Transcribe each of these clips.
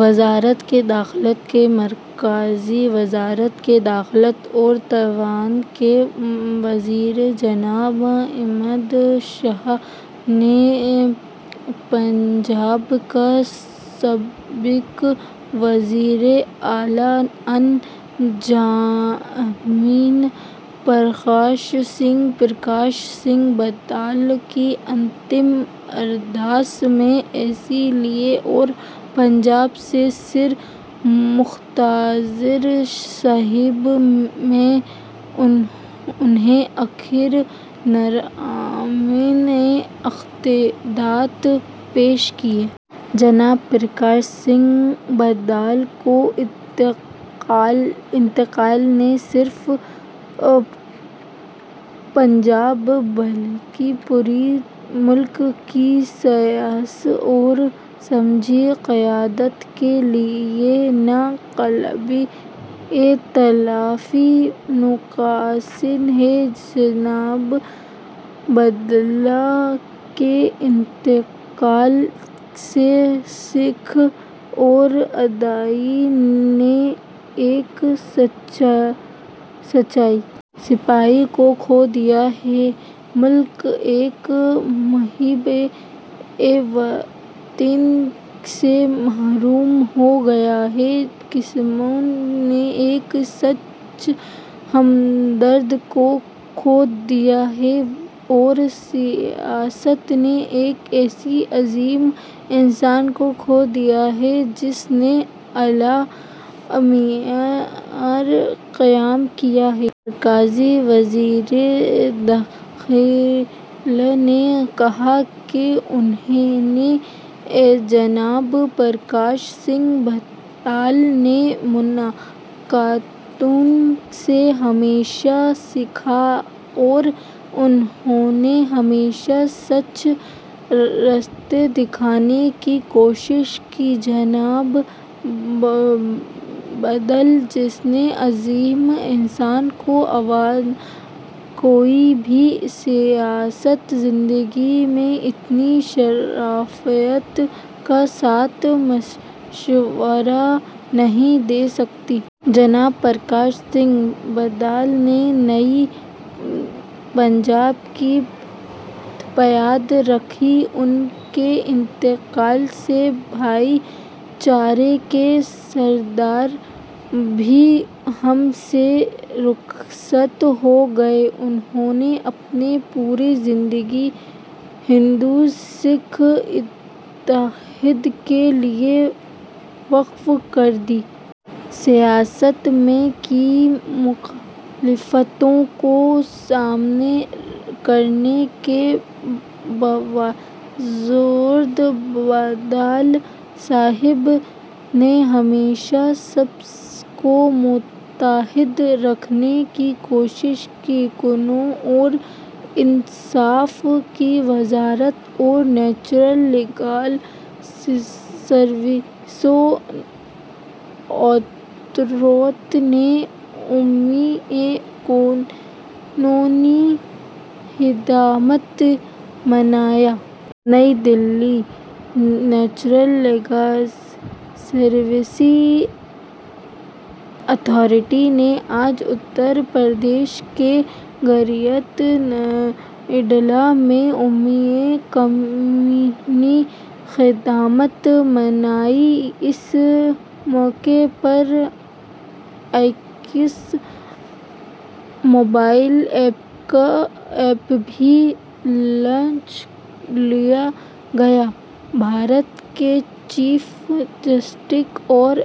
وزارت داخلہ کے مرکزی وزیر داخلہ اور تعاون کے وزیر، جناب امت شاہ نے پنجاب کے سابق وزیر اعلیٰ آنجہانی پرکاش سنگھ بادل کی انتم ارداس میں حصہ لیا اور پنجاب کے سری مکتسر صاحب میں انہیں آخری نذرانۂ عقیدت پیش کیا۔ جناب پرکاش سنگھ بادل کا انتقال نہ صرف پنجاب بلکہ پورے ملک کی سیاسی اور سماجی قیادت کے لیے ناقابل تلافی نقصان ہے۔ جناب بادل کے انتقال سے سکھ برادری نے ایک سچے سپاہی کو کھو دیا ہے، ملک ایک محب وطن سے محروم ہو گیا ہے، کسانوں نے ایک سچے ہمدرد کو کھو دیا ہے اور سیاست نے ایک ایسے عظیم انسان کو کھو دیا ہے جس نے اعلیٰ معیار قائم کیا ہے۔ مرکزی وزیر داخلہ نے کہا کہ انہوں نے جناب پرکاش سنگھ بادل سے ملاقاتوں سے ہمیشہ سیکھا اور انہوں نے ہمیشہ سچا راستہ دکھانے کی کوشش کی۔ جناب بادل جیسے عظیم انسان کے علاوہ کوئی بھی سیاسی زندگی میں اتنی شفافیت کے ساتھ مشورہ نہیں دے سکتا۔ جناب پرکاش سنگھ بادل نے نئے پنجاب کی بنیاد رکھی۔ ان کے انتقال سے بھائی چارے کے سردار بھی ہم سے رخصت ہو گئے۔ انہوں نے اپنی پوری زندگی ہندو سکھ اتحاد کے لیے وقف کر دی۔ سیاست میں کئی مخالفتوں کا سامنا کرنے کے باوجود بادل صاحب نے ہمیشہ سب کو متحد رکھنے کی کوشش کی۔ قانون اور انصاف کی وزارت اور نیشنل لیگل سروسز اتھارٹی نے یوم قانونی خدمات منایا۔ نئی Delhi, national legal services authority نے آج اتر پردیش کے گریٹر نوئیڈا میں یوم قانونی خدمات منایا۔ اس موقع پر I O S mobile app بھی لانچ کیا گیا۔ بھارت کے چیف جسٹس اور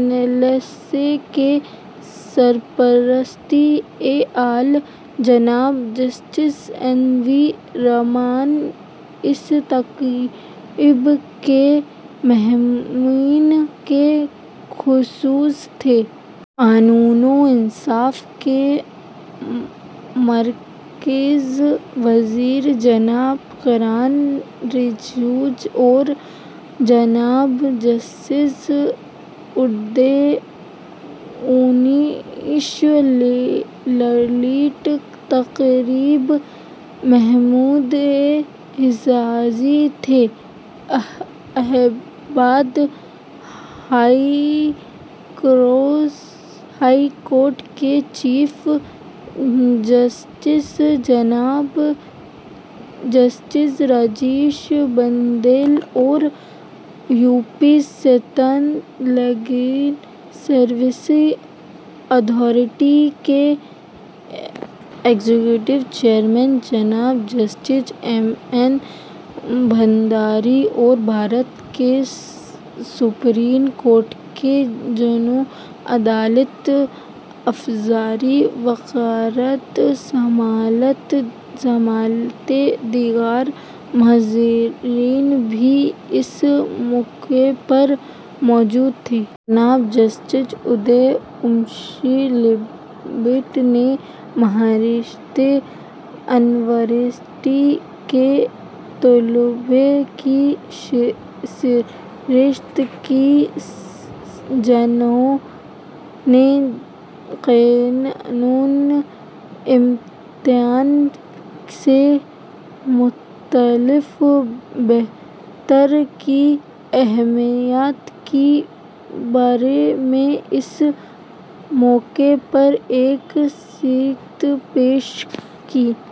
نالسا کے سرپرست اعلیٰ، جناب جسٹس این وی رامانا، اس تقریب کے مہمان خصوصی تھے۔ قانون و انصاف کے مرکزی وزیر جناب کرن رجیجو اور جناب جسٹس ادے امیش للت تقریب کے مہمانان اعزازی تھے۔ الٰہ آباد ہائی کورٹ کے چیف جسٹس، جناب جسٹس راجیش بندل، اور UP state legal services authority کے ایگزیکٹو چیئرمین، جناب جسٹس ایم این بھنڈاری، اور بھارت کی سپریم کورٹ کے ججوں، عدالتی افسران وغیرہ سمیت دیگر معززین بھی اس موقع پر موجود تھے۔ جناب جسٹس ادے امیش للت نے مہارشی یونیورسٹی کے طلباء کی ستائش کی، جنہوں نے قانونی امداد سے متعلق بیداری کی اہمیت کے بارے میں اس موقع پر ایک اسکٹ پیش کیا۔